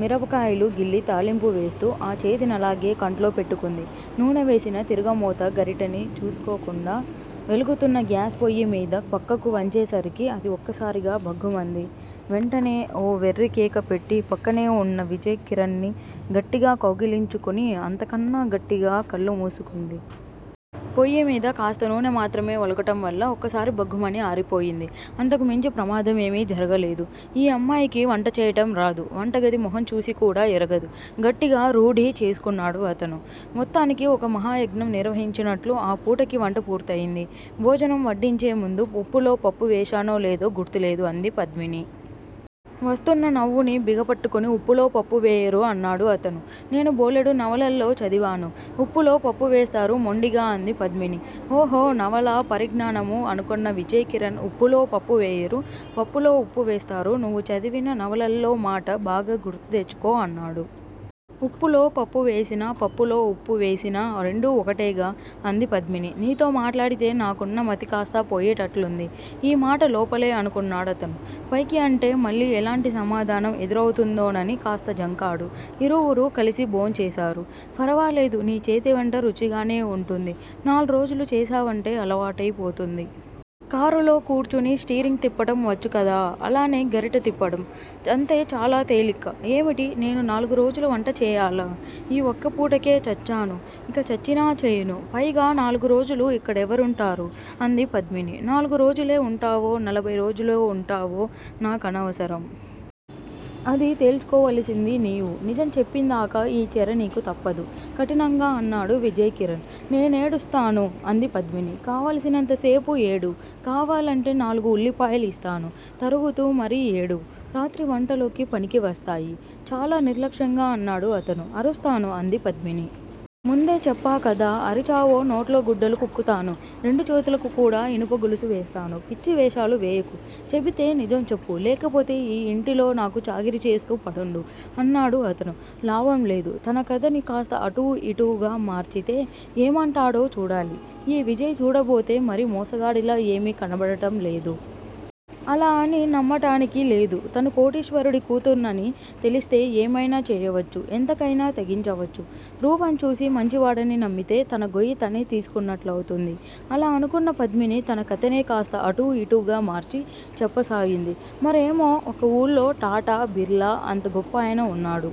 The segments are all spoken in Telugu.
మిరపకాయలు గిల్లి తాలింపు వేస్తూ ఆ చేతినలాగే కంట్లో పెట్టుకుంది. నూనె వేసిన తిరగమోత గరిటని చూసుకోకుండా వెలుగుతున్న గ్యాస్ పొయ్యిమీద పక్కకు వంచేసరికి అది ఒక్కసారిగా భగ్గుమంది. వెంటనే ఓ వెర్రికేక పెట్టి పక్కనేవున్న విజయ్ కిరణ్ ని గట్టిగా కౌగిలించుకుని అంతకన్నా గట్టిగా కళ్ళు మూసుకుంది. పొయ్యిమీద కాస్త నూనె మాత్రమే వొలకటంవల్ల ఒక్కసారి భగ్గుమని ఆరిపోయింది. అంతకు మించి ప్రమాదమేమీ జరగలేదు. ఈ అమ్మాయికి వంట చేయటంరాదు. వంటగది మొహం చూసికూడా ఎరగదు గట్టిగా రూఢీ చేసుకున్నాడు అతను. మొత్తానికి ఒక మహాయజ్ఞం నిర్వహించినట్లు ఆ పూటకి వంట పూర్తయింది. భోజనం వడ్డించే ముందు ఉప్పులో పప్పు వేశానో లేదో గుర్తులేదు అంది పద్మిని. వస్తున్న నవ్వుని బిగపట్టుకుని ఉప్పులో పప్పు వేయరు అన్నాడు అతను. నేను బోలెడు నవలల్లో చదివాను. ఉప్పులో పప్పు వేస్తారు మొండిగా అంది పద్మిని. ఓహో నవలా పరిజ్ఞానమా అనుకొన్న విజయ్ కిరణ్ ఉప్పులో పప్పువేయరు. పప్పులో ఉప్పు వేస్తారు. నువ్వు చదివిన నవలల్లోమాట బాగా గుర్తుతెచ్చుకో అన్నాడు. ఉప్పులో పప్పువేసినా, పప్పులో వుప్పువేసినా రెండూ ఒకటేగా. అంది పద్మిని. నీతో మాట్లాడితే నాకున్నమతి కాస్తా పోయేటట్లుంది. ఈమాట లోపలే అనుకున్నాడతను. పైకి అంటే మళ్ళీ ఎలాంటి సమాధానం ఎదురవుతుందోనని కాస్త జంకాడు. ఇరువురూ కలిసి భోంచేశారు. ఫరవాలేదు. నీ చేతివంట రుచిగానే వుంటుంది. నాల్రోజులు చేశావంటే అలవాటయిపోతుంది. కారులో కూర్చుని స్టీరింగ్ తిప్పటం వచ్చుకదా! అలానే గరిట తిప్పటం. అంతే చాలా తేలిక. ఏమిటి? నేను నాలుగురోజులు వంటచేయాలా? ఈ వక్కపూటకే చచ్చాను. ఇక చచ్చినా చేయను. పైగా నాలుగురోజులు ఇక్కడెవరుంటారు. అంది పద్మిని. నాలుగు రోజులే వుంటావో, నలభయి రోజులో వుంటావో నాకనవసరం. అది తేల్చుకోవలసింది నీవు. నిజం చెప్పిందాకా ఈ చెర నీకు తప్పదు. కఠినంగా అన్నాడు విజయ్ కిరణ్. నేనేడుస్తాను. అంది పద్మిని. కావలసినంతసేపు ఏడువ్. కావాలంటే నాలుగు ఉల్లిపాయలిస్తాను. తరుగుతూ మరీ ఏడువ్. రాత్రి వంటలోకి పనికివస్తాయి. చాలా నిర్లక్ష్యంగా అన్నాడు అతను. అరుస్తాను. అంది పద్మిని. ముందే చెప్పాకదా! అరిచావో నోట్లో గుడ్డలు కుక్కుతాను. రెండు చేతులకు కూడా ఇనుపగొలుసు వేస్తాను. పిచ్చివేషాలు వేయకు. చెబితే నిజం చెప్పు. లేకపోతే ఈ ఇంటిలో నాకు చాకిరీచేస్తూ పడుండు. అన్నాడు అతను. లాభంలేదు. తనకధని కాస్త అటూ ఇటూగా మార్చితే ఏమంటాడో చూడాలి. ఈ విజయ్ చూడబోతే మరీ మోసగాడిలా ఏమీ కనబడటంలేదు. అలా అని నమ్మటానికి లేదు. తను కోటీశ్వరుడి కూతుర్నని తెలిస్తే ఏమైనా చేయవచ్చు, ఎంతకయినా తెగించవచ్చు. రూపంచూసి మంచివాడని నమ్మితే తన గొయ్యి తనే తీసుకున్నట్లవుతుంది. అలా అనుకున్న పద్మిని తన కథనే కాస్త అటూ ఇటూగా మార్చి చెప్పసాగింది. మరేమో! ఒక ఊళ్ళో టాటా, బిర్లా అంత గొప్పాయన ఉన్నాడు.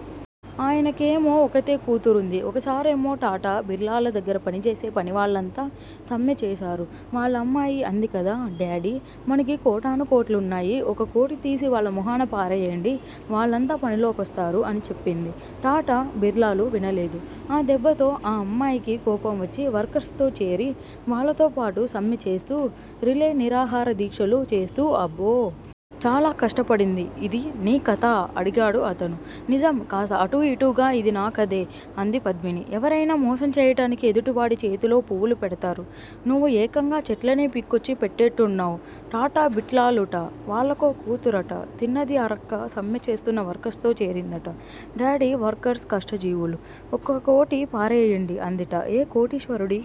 ఆయనకేమో ఒక్కతే కూతురుంది. ఒకసారేమో టాటా, బిర్లాల దగ్గర పనిచేసే పనివాళ్ళంతా సమ్మెచేశారు. వాళ్ళమ్మాయి అందికదా డాడీ! మనకి కోటానుకోట్లున్నాయి. ఒక కోటితీసి వాళ్ళ మొహాన పారేయండి వాళ్ళంతా పనిలోకొస్తారు. అని చెప్పింది. టాటా, బిర్లాలు వినలేదు. ఆ దెబ్బతో ఆ అమ్మాయికి కోపంవచ్చి వర్కర్స్ తో చేరి వాళ్ళతోపాటు సమ్మెచేస్తూ, రిలే నిరాహారదీక్షలు చేస్తూ అబ్బో! చాలా కష్టపడింది ఇది నీ కథా! అడిగాడు అతను. నిజం. కాస్త అటూ ఇటూగా ఇది నా కధే. అంది పద్మిని. ఎవరయినా మోసంచేయటానికి ఎదుటివాడిచేతిలో పువ్వులు పెడతారు. నువ్వు ఏకంగా చెట్లనే పీక్కొచ్చి పెట్టేట్టున్నావ్. టాటా, బిట్లాలుట వాళ్ళకో కూతురట తిన్నది అరక్క సమ్మెచేస్తున్న వర్కర్స్ తో చేరిందట. డాడీ! వర్కర్స్ కష్టజీవులు. ఒకకోటి పారేయండి అందిట. ఏ కోటీశ్వరుడి